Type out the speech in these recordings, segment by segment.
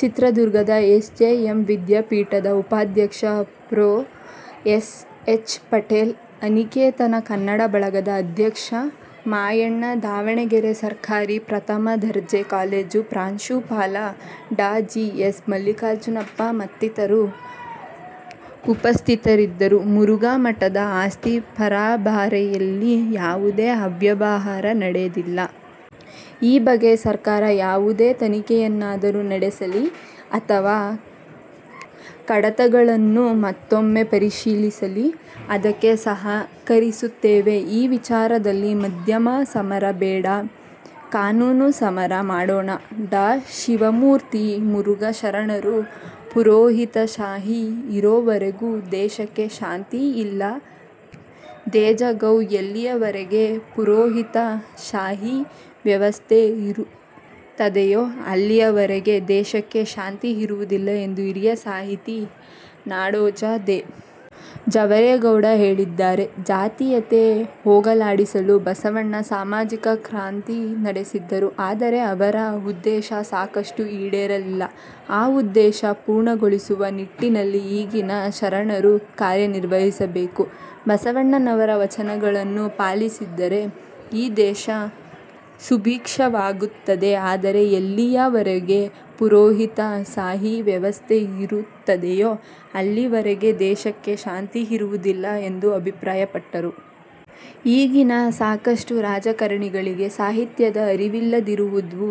ಚಿತ್ರದುರ್ಗದ S. J. M. ವಿದ್ಯಾಪೀಠದ ಉಪಾಧ್ಯಕ್ಷ ಪ್ರೊ. ಎಸ್. ಎಚ್. ಪಟೇಲ್, ಅನಿಕೇತನ ಕನ್ನಡ ಬಳಗದ ಅಧ್ಯಕ್ಷ ಮಾಯಣ್ಣ, ದಾವಣಗೆರೆ ಸರ್ಕಾರಿ ಪ್ರಥಮದರ್ಜೆ ಕಾಲೇಜು ಪ್ರಾಂಶುಪಾಲ ಡಾ. ಜಿ. ಎಸ್. ಮಲ್ಲಿಕಾರ್ಜುನಪ್ಪ ಮತ್ತಿತರರು ಉಪಸ್ಥಿತರಿದ್ದರು. ಮುರುಘಾ ಮಠದ ಆಸ್ತಿ ಪರಭಾರೆಯಲ್ಲಿ ಯಾವುದೇ ಅವ್ಯವಹಾರ ನಡೆದಿಲ್ಲ. ಈ ಬಗ್ಗೆ ಸರ್ಕಾರ ಯಾವುದೇ ತನಿಖೆಯನ್ನಾದರೂ ನಡೆಸಲಿ. ಅಥವಾ ಕಡತಗಳನ್ನು ಮತ್ತೂಮ್ಮೆ ಪರಿಶೀಲಿಸಲಿ. ಅದಕ್ಕೆ ಸಹಕರಿಸುತ್ತೇವೆ. ಈ ವಿಚಾರದಲ್ಲಿ ಮಾಧ್ಯಮ ಸಮರ ಬೇಡ, ಕಾನೂನು ಸಮರ ಮಾಡೋಣ. ಡಾ. ಶಿವಮೂರ್ತಿ ಮುರಘಾ ಶರಣರು ಪುರೋಹಿತಶಾಹಿ ಇರೋವರೆಗೂ ದೇಶಕ್ಕೆ ಶಾಂತಿ ಇಲ್ಲ: ದೇಜಗೌ ಎಲ್ಲಿಯವರೆಗೆ ಪುರೋಹಿತಶಾಹಿ ವ್ಯವಸ್ಥೆ ಇರುತ್ತದೆಯೋ ಅಲ್ಲಿಯವರೆಗೆ ದೇಶಕ್ಕೆ ಶಾಂತಿ ಇರುವುದಿಲ್ಲ ಎಂದು ಹಿರಿಯ ಸಾಹಿತಿ ನಾಡೋಜ ದೇ. ಜವರೇಗೌಡ ಹೇಳಿದ್ದಾರೆ. ಜಾತೀಯತೆ ಹೋಗಲಾಡಿಸಲು ಬಸವಣ್ಣ ಸಾಮಾಜಿಕ ಕ್ರಾಂತಿ ನಡೆಸಿದರು. ಆದರೆ ಅವರ ಉದ್ದೇಶ ಸಾಕಷ್ಟು ಈಡೇರಲಿಲ್ಲ. ಆ ಉದ್ದೇಶ ಪೂರ್ಣಗೊಳಿಸುವ ನಿಟ್ಟಿನಲ್ಲಿ ಈಗಿನ ಶರಣರು ಕಾರ್ಯನಿರ್ವಹಿಸಬೇಕು. ಬಸವಣ್ಣನವರ ವಚನಗಳನ್ನು ಪಾಲಿಸಿದರೆ ಈ ದೇಶ ಸುಭಿಕ್ಷವಾಗುತ್ತದೆ. ಆದರೆ ಎಲ್ಲಿಯವರೆಗೆ ಪುರೋಹಿತಶಾಹಿ ವ್ಯವಸ್ಥೆ ಇರುತ್ತದೆಯೋ ಅಲ್ಲಿಯವರೆಗೆ ದೇಶಕ್ಕೆ ಶಾಂತಿ ಇರುವುದಿಲ್ಲ ಎಂದು ಅಭಿಪ್ರಾಯಪಟ್ಟರು. ಈಗಿನ ಸಾಕಷ್ಟು ರಾಜಕಾರಣಿಗಳಿಗೆ ಸಾಹಿತ್ಯದ ಅರಿವಿಲ್ಲದಿರುವುದು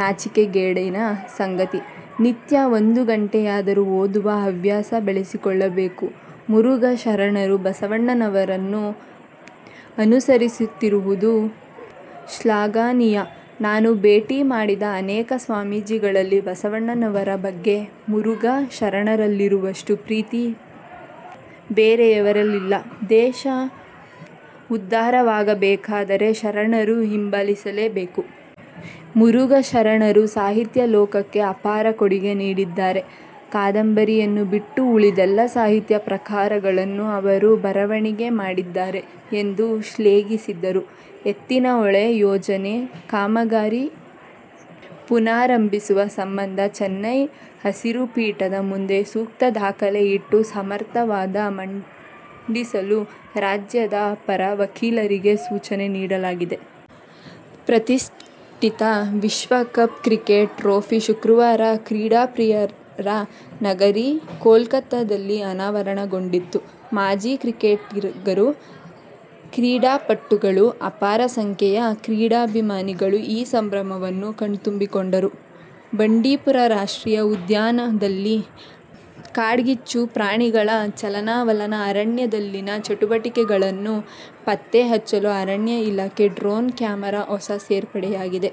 ನಾಚಿಕೆಗೇಡಿನ ಸಂಗತಿ. ನಿತ್ಯ ಒಂದು ಗಂಟೆಯಾದರೂ ಓದುವ ಹವ್ಯಾಸ ಬೆಳೆಸಿಕೊಳ್ಳಬೇಕು. ಮುರುಘಾ ಶರಣರು ಬಸವಣ್ಣನವರನ್ನು ಅನುಸರಿಸುತ್ತಿರುವುದು ಶ್ಲಾಘನೀಯ. ನಾನು ಭೇಟಿ ಮಾಡಿದ ಅನೇಕ ಸ್ವಾಮೀಜಿಗಳಲ್ಲಿ ಬಸವಣ್ಣನವರ ಬಗ್ಗೆ ಮುರುಘಾ ಶರಣರಲ್ಲಿರುವಷ್ಟು ಪ್ರೀತಿ ಬೇರೆಯವರಲ್ಲಿಲ್ಲ. ದೇಶ ಉದ್ಧಾರವಾಗಬೇಕಾದರೆ ಶರಣರನ್ನು ಹಿಂಬಾಲಿಸಬೇಕು. ಮುರುಘಾ ಶರಣರು ಸಾಹಿತ್ಯ ಲೋಕಕ್ಕೆ ಅಪಾರ ಕೊಡುಗೆ ನೀಡಿದ್ದಾರೆ. ಕಾದಂಬರಿಯನ್ನು ಬಿಟ್ಟು ಉಳಿದೆಲ್ಲಾ ಸಾಹಿತ್ಯ ಪ್ರಕಾರಗಳಲ್ಲೂ ಅವರು ಬರವಣಿಗೆ ಮಾಡಿದ್ದಾರೆ ಎಂದು ಶ್ಲಾಘಿಸಿದರು. ಎತ್ತಿನಹೊಳೆ ಯೋಜನೆ ಕಾಮಗಾರಿ ಪುನಾರಂಭಿಸುವ ಸಂಬಂಧ ಚೆನ್ನೈ ಹಸಿರು ಪೀಠದ ಮುಂದೆ ಸೂಕ್ತ ದಾಖಲೆ ಇಟ್ಟು ಸಮರ್ಥ ವಾದ ಮಂಡಿಸಲು ರಾಜ್ಯದ ಪರ ವಕೀಲರಿಗೆ ಸೂಚನೆ ನೀಡಲಾಗಿದೆ. ಪ್ರತಿಷ್ಠಿತ ವಿಶ್ವಕಪ್ ಕ್ರಿಕೆಟ್ ಟ್ರೋಫಿ ಶುಕ್ರವಾರ ಕ್ರೀಡಾಪ್ರಿಯರ ನಗರಿ ಕೋಲ್ಕತಾದಲ್ಲಿ ಅನಾವರಣಗೊಂಡಿತು. ಮಾಜಿ ಕ್ರಿಕೆಟಿಗರು, ಕ್ರೀಡಾಪಟುಗಳು, ಅಪಾರ ಸಂಖ್ಯೆಯ ಕ್ರೀಡಾಭಿಮಾನಿಗಳು ಈ ಸಂಭ್ರಮವನ್ನು ಕಣ್ತುಂಬಿಕೊಂಡರು. ಬಂಡೀಪುರ ರಾಷ್ಟ್ರೀಯ ಉದ್ಯಾನದಲ್ಲಿ ಕಾಡ್ಗಿಚ್ಚು, ಪ್ರಾಣಿಗಳ ಚಲನವಲನ, ಅರಣ್ಯದಲ್ಲಿನ ಚಟುವಟಿಕೆಗಳನ್ನು ಪತ್ತೆ ಹಚ್ಚಲು ಅರಣ್ಯ ಇಲಾಖೆ ಡ್ರೋನ್ ಕ್ಯಾಮರಾ ಹೊಸ ಸೇರ್ಪಡೆಯಾಗಿದೆ.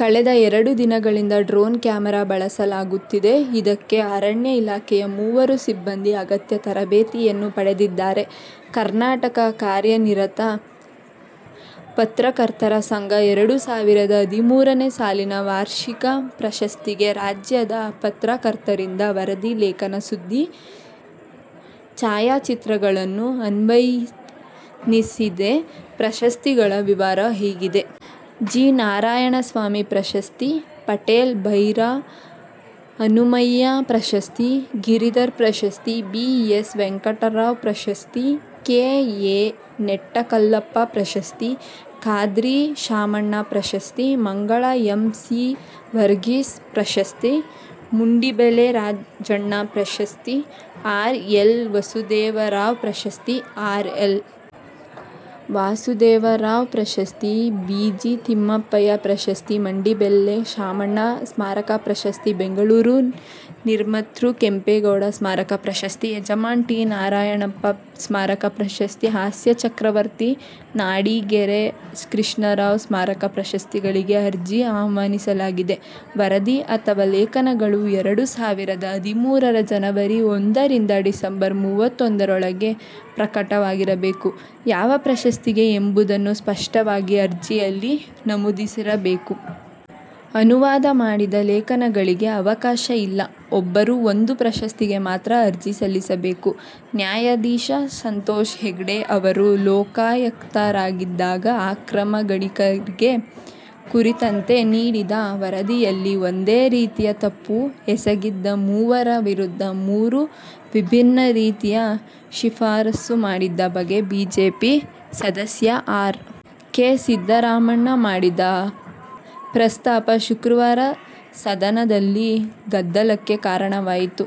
ಕಳೆದ ಎರಡು ದಿನಗಳಿಂದ ಡ್ರೋನ್ ಕ್ಯಾಮರಾ ಬಳಸಲಾಗುತ್ತಿದೆ ಇದಕ್ಕಾಗಿ ಅರಣ್ಯ ಇಲಾಖೆಯ ಮೂವರು ಸಿಬ್ಬಂದಿ ಅಗತ್ಯ ತರಬೇತಿಯನ್ನೂ ಪಡೆದಿದ್ದಾರೆ. ಕರ್ನಾಟಕ ಕಾರ್ಯನಿರತ ಪತ್ರಕರ್ತರ ಸಂಘ ಎರಡು ಸಾವಿರದ ಹದಿಮೂರನೇ ಸಾಲಿನ ವಾರ್ಷಿಕ ಪ್ರಶಸ್ತಿಗೆ ರಾಜ್ಯದ ಪತ್ರಕರ್ತರಿಂದ ವರದಿ ಲೇಖನ ಸುದ್ದಿ ಛಾಯಾಚಿತ್ರಗಳನ್ನು ಆಹ್ವಾನಿಸಿದೆ ಪ್ರಶಸ್ತಿಗಳ ವಿವರ ಹೀಗಿದೆ. ಜಿ. ನಾರಾಯಣಸ್ವಾಮಿ ಪ್ರಶಸ್ತಿ, ಪಟೇಲ್ ಭೈರಹನುಮಯ್ಯ ಪ್ರಶಸ್ತಿ, ಗಿರಿಧರ್ ಪ್ರಶಸ್ತಿ, ಬಿ. ಎಸ್. ವೆಂಕಟರಾಂ ಪ್ರಶಸ್ತಿ, ಕೆ. ಎ. ನೆಟ್ಟಕಲ್ಲಪ್ಪ ಪ್ರಶಸ್ತಿ, ಖಾದ್ರಿ ಶಾಮಣ್ಣ ಪ್ರಶಸ್ತಿ, ಮಂಗಳ ಎಂ. ಸಿ. ವರ್ಗೀಸ್ ಪ್ರಶಸ್ತಿ, ಮಂಡಿಬೆಲೆ ರಾಜಣ್ಣ ಪ್ರಶಸ್ತಿ, ಆರ್. ಎಲ್. ವಾಸುದೇವರಾವ್ ಪ್ರಶಸ್ತಿ, ಆರ್. ಎಲ್. ವಾಸುದೇವರಾವ್ ಪ್ರಶಸ್ತಿ, ಬಿ. ಜಿ. ತಿಮ್ಮಪ್ಪಯ್ಯ ಪ್ರಶಸ್ತಿ, ಮಂಡಿಬೆಲೆ ಶಾಮಣ್ಣ ಸ್ಮಾರಕ ಪ್ರಶಸ್ತಿ, ಬೆಂಗಳೂರು ನಿರ್ಮಾತೃ ಕೆಂಪೇಗೌಡ ಸ್ಮಾರಕ ಪ್ರಶಸ್ತಿ, ಯಜಮಾನ್ ಟಿ. ನಾರಾಯಣಪ್ಪ ಸ್ಮಾರಕ ಪ್ರಶಸ್ತಿ, ಹಾಸ್ಯ ಚಕ್ರವರ್ತಿ ನಾಡಿಗೇರ ಕೃಷ್ಣರಾವ್ ಸ್ಮಾರಕ ಪ್ರಶಸ್ತಿಗಳಿಗೆ ಅರ್ಜಿ ಆಹ್ವಾನಿಸಲಾಗಿದೆ. ವರದಿ ಅಥವಾ ಲೇಖನಗಳು ಎರಡು ಸಾವಿರದ ಹದಿಮೂರರ ಜನವರಿ ಒಂದುರಿಂದ ಡಿಸಂಬರ್ ಮೂವತ್ತೊಂದರೊಳಗೆ ಪ್ರಕಟವಾಗಿರಬೇಕು ಯಾವ ಪ್ರಶಸ್ತಿಗೆ ಎಂಬುದನ್ನು ಸ್ಪಷ್ಟವಾಗಿ ಅರ್ಜಿಯಲ್ಲಿ ನಮೂದಿಸಿರಬೇಕು. ಅನುವಾದ ಮಾಡಿದ ಲೇಖನಗಳಿಗೆ ಅವಕಾಶ ಇಲ್ಲ. ಒಬ್ಬರು ಒಂದು ಪ್ರಶಸ್ತಿಗೆ ಮಾತ್ರ ಅರ್ಜಿ ಸಲ್ಲಿಸಬೇಕು. ನ್ಯಾಯಾಧೀಶ. ಸಂತೋಷ್ ಹೆಗ್ಡೆ ಅವರು ಲೋಕಾಯುಕ್ತರಾಗಿದ್ದಾಗ ಅಕ್ರಮ ಗಣಿಗಾರಿಕೆ ಕುರಿತಂತೆ ನೀಡಿದ್ದ ವರದಿಯಲ್ಲಿ ಒಂದೇ ರೀತಿಯ ತಪ್ಪು ಎಸಗಿದ ಮೂವರ ವಿರುದ್ಧ ಮೂರು ವಿಭಿನ್ನ ರೀತಿಯ ಶಿಫಾರಸು ಮಾಡಿದ್ದ ಬಗ್ಗೆ ಬಿಜೆಪಿ ಸದಸ್ಯ ಆರ್. ಕೆ. ಸಿದ್ದರಾಮಣ್ಣ ಮಾಡಿದ ಪ್ರಸ್ತಾಪ ಶುಕ್ರವಾರ ಸದನದಲ್ಲಿ ಗದ್ದಲಕ್ಕೆ ಕಾರಣವಾಯಿತು.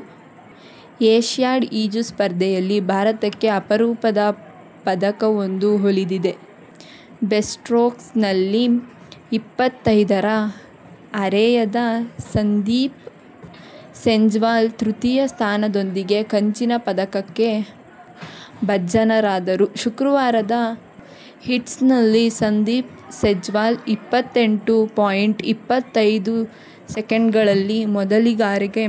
ಏಷ್ಯಾಡ್ ಈಜು ಸ್ಪರ್ಧೆಯಲ್ಲಿ ಭಾರತಕ್ಕೆ ಅಪರೂಪದ ಪದಕವೊಂದು ಒಲಿದಿದೆ. ಬ್ರೆಸ್ಟ್ಸ್ಟ್ರೋಕ್ನಲ್ಲಿ ಇಪ್ಪತ್ತೈದರ ಹರೆಯದ ಸಂದೀಪ್ ಸೆಜ್ವಾಲ್ ತೃತೀಯ ಸ್ಥಾನದೊಂದಿಗೆ ಕಂಚಿನ ಪದಕಕ್ಕೆ ಭಾಜನರಾದರು ಶುಕ್ರವಾರದ ಹೀಟ್ಸ್ನಲ್ಲಿ ಸಂದೀಪ್ ಸೆಜ್ವಾಲ್ ಇಪ್ಪತ್ತೆಂಟು ಪಾಯಿಂಟ್ ಇಪ್ಪತ್ತೈದು ಸೆಕೆಂಡ್ಗಳಲ್ಲಿ ಮೊದಲಿಗರಾಗಿ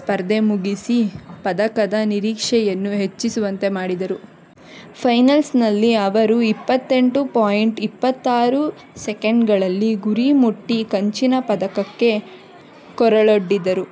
ಸ್ಪರ್ಧೆ ಮುಗಿಸಿ ಪದಕದ ನಿರೀಕ್ಷೆಯನ್ನು ಹೆಚ್ಚಿಸುವಂತೆ ಮಾಡಿದ್ದರು. ಫೈನಲ್ನಲ್ಲಿ ಅವರು ಇಪ್ಪತ್ತೆಂಟು ಪಾಯಿಂಟ್ ಇಪ್ಪತ್ತಾರು ಸೆಕೆಂಡ್ಗಳಲ್ಲಿ ಗುರಿ ಮುಟ್ಟಿ ಕಂಚಿನ ಪದಕಕ್ಕೆ ಕೊರಳೊಡ್ಡಿದರು.